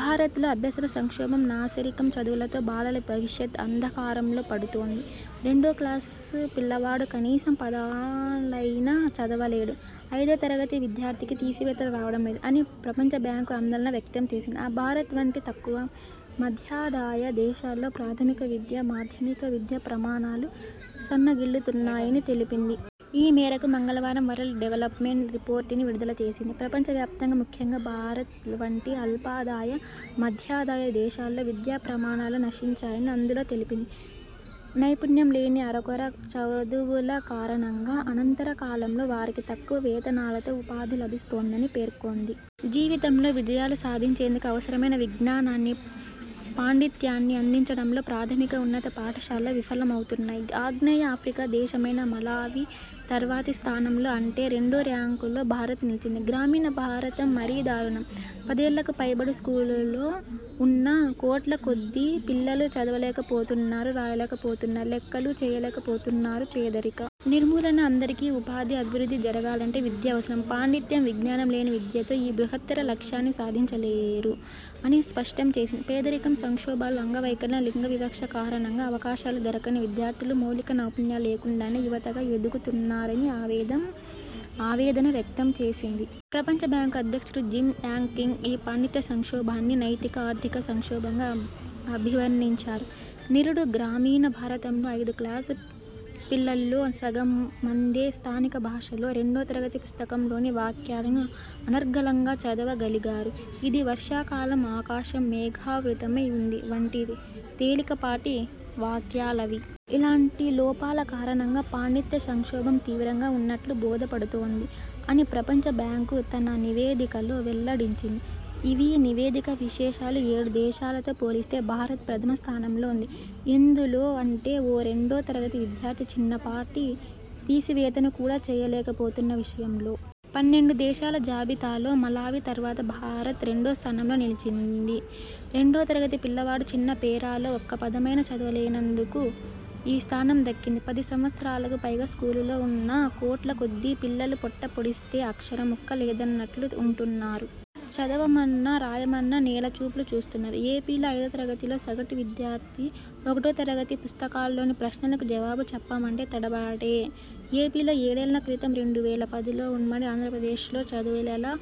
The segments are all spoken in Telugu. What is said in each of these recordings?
భారత్లో అభ్యసన సంక్షోభం! నాసిరకం చదువులతో బాలల భవిష్యత్ అంధకారంలో పడుతోంది. రెండో క్లాసు పిల్లవాడు కనీసం పదాలైనా చదవలేడు. ఐదో తరగతి విద్యార్థికి తీసివేతలు రావడం లేదు అని ప్రపంచబ్యాంకు ఆందోళన వ్యక్తం చేసింది. భారత్ వంటి తక్కువ, మధ్యాదాయ దేశాల్లో ప్రాథమిక విద్య, మాధ్యమిక విద్య ప్రమాణాలు సన్నగిల్లుతున్నాయని తెలిపింది. ఈ మేరకు మంగళవారం వరల్డ్ డెవల్పమెంట్ రిపోర్ట్ ని విడుదల చేసింది. ప్రపంచవ్యాప్తంగా ముఖ్యంగా భారత్ వంటి అల్పాదాయ, మధ్యాదాయ దేశాల్లో విద్యా ప్రమాణాలు నశించాయని అందులో తెలిపింది. నైపుణ్యం లేని అరకొర చదువుల కారణంగా అనంతర కాలంలో వారికి తక్కువ వేతనాలతో ఉపాధి లభిస్తోందని పేర్కొంది. జీవితంలో విజయాలు సాధించేందుకు అవసరమైన విజ్ఞానాన్ని, పాండిత్యాన్ని అందించడంలో ప్రాథమిక, ఉన్నత పాఠశాలలు విఫలమవుతున్నాయి. ఆగ్నేయ ఆఫ్రికా దేశమైన మలావి తర్వాతి స్థానంలో అంటే రెండో ర్యాంకులో భారత్ నిలిచింది. గ్రామీణ భారతం మరీ దారుణం. పదేళ్లకు పైబడి స్కూలులో ఉన్నా కోట్ల కొద్దీ పిల్లలు చదవలేకపోతున్నారు రాయలేకపోతున్నారు లెక్కలూ చేయలేకపోతున్నారు. పేదరిక నిర్మూలన, అందరికీ ఉపాధి, అభివృద్ధి జరగాలంటే విద్య అవసరం. పాండిత్యం, విజ్ఞానం లేని విద్యతో ఈ బృహత్తర లక్ష్యాన్ని సాధించలేరు అని స్పష్టం చేసింది. పేదరికం, సంక్షోభాలు, అంగవైకల్యం, లింగవివక్ష కారణంగా అవకాశాలు దొరకని విద్యార్థులు మౌలిక నైపుణ్యాలు లేకుండానే యువతగా ఎదుగుతున్నారని ఆవేదం ఆవేదన వ్యక్తంచేసింది. ప్రపంచబ్యాంకు అధ్యక్షుడు జిమ్ యాంగ్ కిమ్ ఈ పాండిత్య సంక్షోభాన్ని నైతిక, ఆర్థిక సంక్షోభంగా అభివర్ణించారు. నిరుడు గ్రామీణ భారతంలో ఐదో క్లాసు పిల్లల్లో సగం మందే స్థానిక భాషలో రెండో తరగతి పుస్తకంలోని వాక్యాలను అనర్గళంగా చదవగలిగారు. ఇది వర్షాకాలం ఆకాశం మేఘావృతమై ఉంది వంటి తేలిక పాటి వాక్యాలవి. ఇలాంటి లోపాల కారణంగా పాండిత్య సంక్షోభం తీవ్రంగా ఉన్నట్లు బోధపడుతోంది అని ప్రపంచ బ్యాంకు తన నివేదికలో వెల్లడించింది. ఇవీ నివేదిక విశేషాలు ఏడు దేశాలతో పోలిస్తే భారత్ ప్రథమ స్థానంలో ఉంది. ఎందులో అంటే ఓ రెండో తరగతి విద్యార్థి చిన్న పాటి తీసివేతను కూడా చేయలేకపోతున్న విషయంలో! పన్నెండు దేశాల జాబితాలో మలావి తర్వాత భారత్ రెండో స్థానంలో నిలిచింది. రెండో తరగతి పిల్లవాడు చిన్న పేరాలో ఒక్క పదమైనా చదవలేనందుకు ఈ స్థానం దక్కింది. పది సంవత్సరాలకు పైగా స్కూలులో ఉన్నా కోట్ల కొద్దీ పిల్లలు పొట్ట పొడిస్తే అక్షరం ముక్క లేదన్నట్లు ఉంటున్నారు. చదవమన్నా రాయమన్నా నేల చూపులు చూస్తున్నారు. ఏపీలో ఐదో తరగతిలో సగటు విద్యార్థి ఒకటో తరగతి పుస్తకాల్లోని ప్రశ్నలకు జవాబు చెప్పమంటే తడబాటే. ఏపీలో ఏడేళ్ల క్రితం రెండు వేల పదిలో ఉమ్మడి ఆంధ్రప్రదేశ్లో చదువులెలా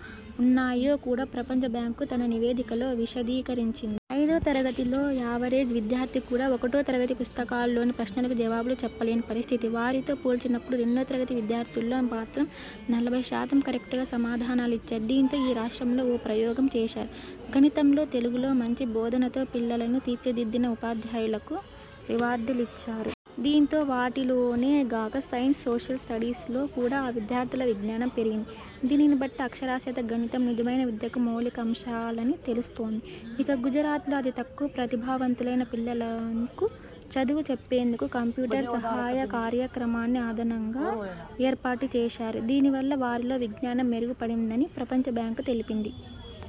ఉన్నాయో కూడా ప్రపంచ బ్యాంకు తన నివేదికలో విశదీకరించిం ఐదో తరగతిలో యావరేజ్ విద్యార్థి కూడా ఒకటో తరగతి పుస్తకాల్లోని ప్రశ్నలకు జవాబులు చెప్పలేని పరిస్థితి. వారితో పోల్చినప్పుడు రెండో తరగతి విద్యార్థుల్లో మాత్రం నలభై శాతం కరెక్టుగా సమాధానాలిచ్చారు. దీంతో ఈ రాష్ట్రంలో ఓ ప్రయోగం చేశారు. గణితంలో, తెలుగులో మంచి బోధనతో పిల్లలను తీర్చిదిద్దిన ఉపాధ్యాయులకు రివార్డు లిచ్చారు. దీంతో వాటిలోనే గాక సైన్స్, సోషల్ స్టడీస్ లో కూడా ఆ విద్యార్థుల విజ్ఞానం పెరిగిం ది. దీనిని బట్టి అక్షరాస్యత, గణితం నిజమైన విద్యకు మౌలిక అంశాలని తెలుస్తోంది. ఇక, గుజరాత్లో అతి తక్కువ ప్రతిభావంతులైన పిల్లలకు చదువు చెప్పేందుకు కంప్యూటర్ సహాయ కార్యక్రమాన్ని అదనంగా ఏర్పాటు చేశారు. దీనివల్ల వారిలో విజ్ఞానం మెరుగు పడిందని ప్రపంచ బ్యాంకు తెలిపింది.